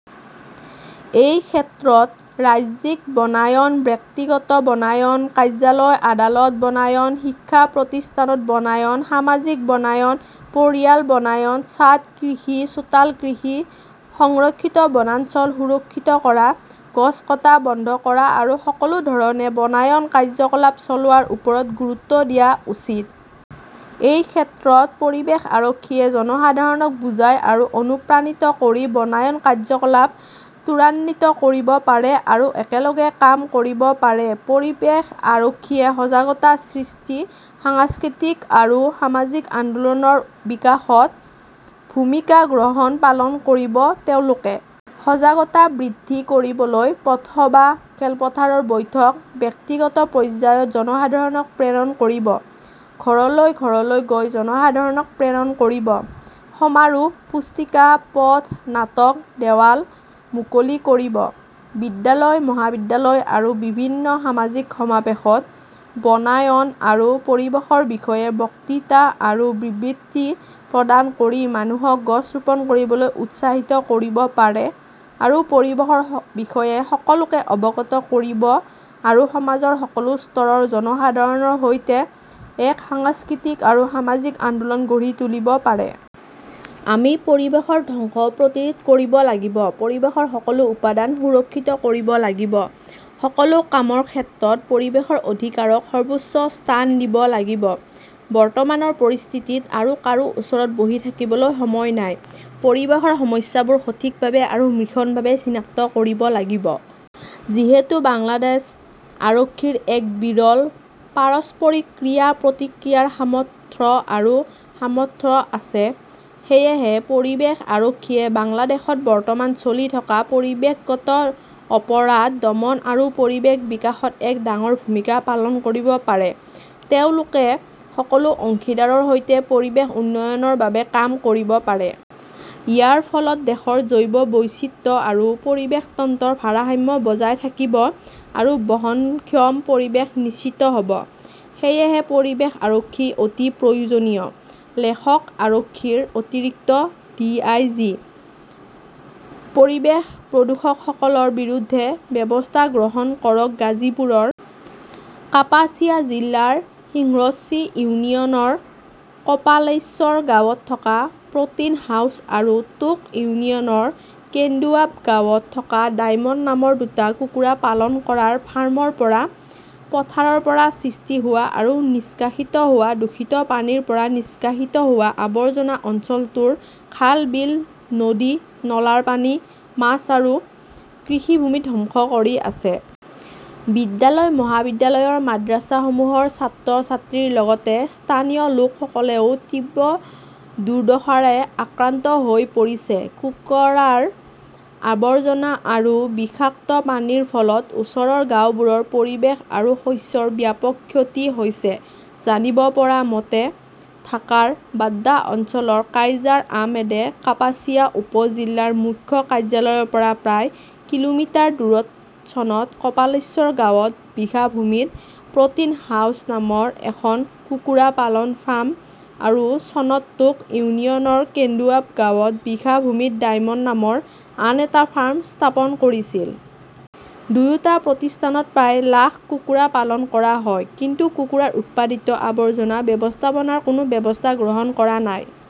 এই ক্ষেত্ৰত ৰাজ্যিক বনায়ন, ব্যক্তিগত বনায়ন, কাৰ্যালয়-আদালত বনায়ন, শিক্ষা প্ৰতিষ্ঠানত বনায়ন, সামাজিক বনায়ন, পৰিয়াল বনায়ন, ছাদ কৃষি, চোতাল কৃষি, সংৰক্ষিত বনাঞ্চল সুৰক্ষিত কৰা, গছ কটা বন্ধ কৰা আৰু সকলো ধৰণে বনায়ন কাৰ্যকলাপ চলোৱাৰ ওপৰত গুৰুত্ব দিয়া উচিত। এই ক্ষেত্ৰত পৰিৱেশ আৰক্ষীয়ে জনসাধাৰণক বুজাই আৰু অনুপ্ৰাণিত কৰি বনায়ন কাৰ্যকলাপ ত্বৰান্বিত কৰিব পাৰে আৰু একেলগে কাম কৰিব পাৰে। পৰিৱেশ আৰক্ষীয়ে সজাগতা সৃষ্টি, সাংস্কৃতিক আৰু সামাজিক আন্দোলনৰ বিকাশত অগ্ৰণী ভূমিকা পালন কৰিব। তেওঁলোকে সজাগতা বৃদ্ধি কৰিবলৈ পথসভা, খেলপথাৰৰ বৈঠক, ব্যক্তিগত পৰ্যায়ত জনসাধাৰণক প্ৰেৰণ কৰিব, ঘৰলৈ ঘৰলৈ গৈ জনসাধাৰণক প্ৰেৰণ কৰিব, সমাৰোহ, পুস্তিকা, পথ নাটক, দেৱাল মুকলি কৰিব, বিদ্যালয়-মহাবিদ্যালয় আৰু বিভিন্ন সামাজিক সমাৱেশত বনায়ন আৰু পৰিৱেশৰ বিষয়ে বক্তৃতা আৰু বিবৃতি প্ৰদান কৰি মানুহক গছ ৰোপণ কৰিবলৈ উৎসাহিত কৰিব পাৰে আৰু পৰিৱেশৰ বিষয়ে সকলোকে অৱগত কৰিব আৰু সমাজৰ সকলো স্তৰৰ জনসাধাৰণৰ সৈতে এক সাংস্কৃতিক আৰু সামাজিক আন্দোলন গঢ়ি তুলিব পাৰে। আমি পৰিৱেশৰ ধ্বংস প্ৰতিৰোধ কৰিব লাগিব, পৰিৱেশৰ সকলো উপাদান সুৰক্ষিত কৰিব লাগিব, সকলো কামৰ ক্ষেত্ৰত পৰিৱেশৰ অধিকাৰক সৰ্বোচ্চ স্থান দিব লাগিব। বৰ্তমানৰ পৰিস্থিতিত আৰু কাৰো ওচৰত বহি থাকিবলৈ সময় নাই। পৰিৱেশৰ সমস্যাবোৰ সঠিকভাৱে আৰু মসৃণভাৱে চিনাক্ত কৰিব লাগিব। যিহেতু বাংলাদেশ আৰক্ষীৰ এক বিৰল পাৰস্পৰিক ক্ৰিয়া-প্ৰতিক্ৰিয়াৰ সামৰ্থ্য আৰু সামৰ্থ্য আছে, সেয়েহে পৰিৱেশ আৰক্ষীয়ে বাংলাদেশত বৰ্তমান চলি থকা পৰিৱেশগত অপৰাধ দমন আৰু পৰিৱেশ বিকাশত এক ডাঙৰ ভূমিকা পালন কৰিব পাৰে। তেওঁলোকে সকলো অংশীদাৰৰ সৈতে পৰিৱেশ উন্নয়নৰ বাবে কাম কৰিব পাৰে। ইয়াৰ ফলত দেশৰ জৈৱ বৈচিত্ৰ্য আৰু পৰিৱেশ তন্ত্ৰৰ ভাৰসাম্য বজাই থাকিব আৰু বহনক্ষম পৰিৱেশ নিশ্চিত হ "ব। সেয়েহে পৰিৱেশ আৰক্ষী অতি প্ৰয়োজনীয়। লেখকঃ আৰক্ষীৰ অতিৰিক্ত ডিআইজি। পৰিৱেশ প্ৰদূষকসকলৰ বিৰুদ্ধে ব্যৱস্থা গ্ৰহণ কৰক গাজীপুৰৰ কাপাসিয়া জিলাৰ সিংহশ্ৰী ইউনিয়নৰ কপালেশ্বৰ গাঁৱত থকা প্ৰ 'টিন হাউচ আৰু টোক ইউনিয়নৰ কেন্দুৱাব গাঁৱত থকা ডায়মণ্ড নামৰ দুটা কুকুৰা পালন কৰা ফাৰ্ম ৰ পৰা, পথাৰৰ পৰা সৃষ্টি হোৱা আৰু নিষ্কাশিত হোৱা দূষিত পানীৰ পৰা নিষ্কাশিত হোৱা আৱৰ্জনা অঞ্চলটোৰ খাল-বিল, নদী-নলাৰ পানী, মাছ আৰু কৃষিভূমি ধ্বংস কৰি আছে। বিদ্যালয় মহাবিদ্যালয়ৰ মাদ্ৰাছাসমূহৰ ছাত্ৰ-ছাত্ৰীৰ লগতে স্থানীয় লোকসকলেও তীব্ৰ দুৰ্দশাৰে আক্ৰান্ত হৈ পৰিছে। কুকুৰাৰ আৱৰ্জনা আৰু বিষাক্ত পানীৰ ফলত ওচৰৰ গাওঁবোৰৰ পৰিৱেশ আৰু শস্যৰ ব্যাপক ক্ষতি হৈছে। জানিব পৰা মতে, ঢাকাৰ বাড্ডা অঞ্চলৰ কাইজাৰ আহমেদে কাপাসিয়া উপ-জিলাৰ মুখ্য কাৰ্যালয়ৰ পৰা প্ৰায় কিলোমিটাৰ দূৰত চনত কপালেশ্বৰ গাঁৱত বিঘা ভূমিত প্ৰ 'টিন হাউচ নামৰ এখন কুকুৰা পালনৰ ফাৰ্ম আৰু চনত টোক ইউনিয়নৰ কেন্দুৱাব গাঁৱত বিঘা ভূমিত ডায়মণ্ড নামৰ আন এটা ফাৰ্ম স্থাপন কৰিছিল। দুয়োটা প্ৰতিষ্ঠানত প্ৰায় লাখ কুকুৰা পালন কৰা হয়, কিন্তু কুকুৰাৰ উৎপাদিত আৱৰ্জনা ব্যৱস্থাপনাৰ কোনো ব্যৱস্থা গ্ৰহণ কৰা নাই।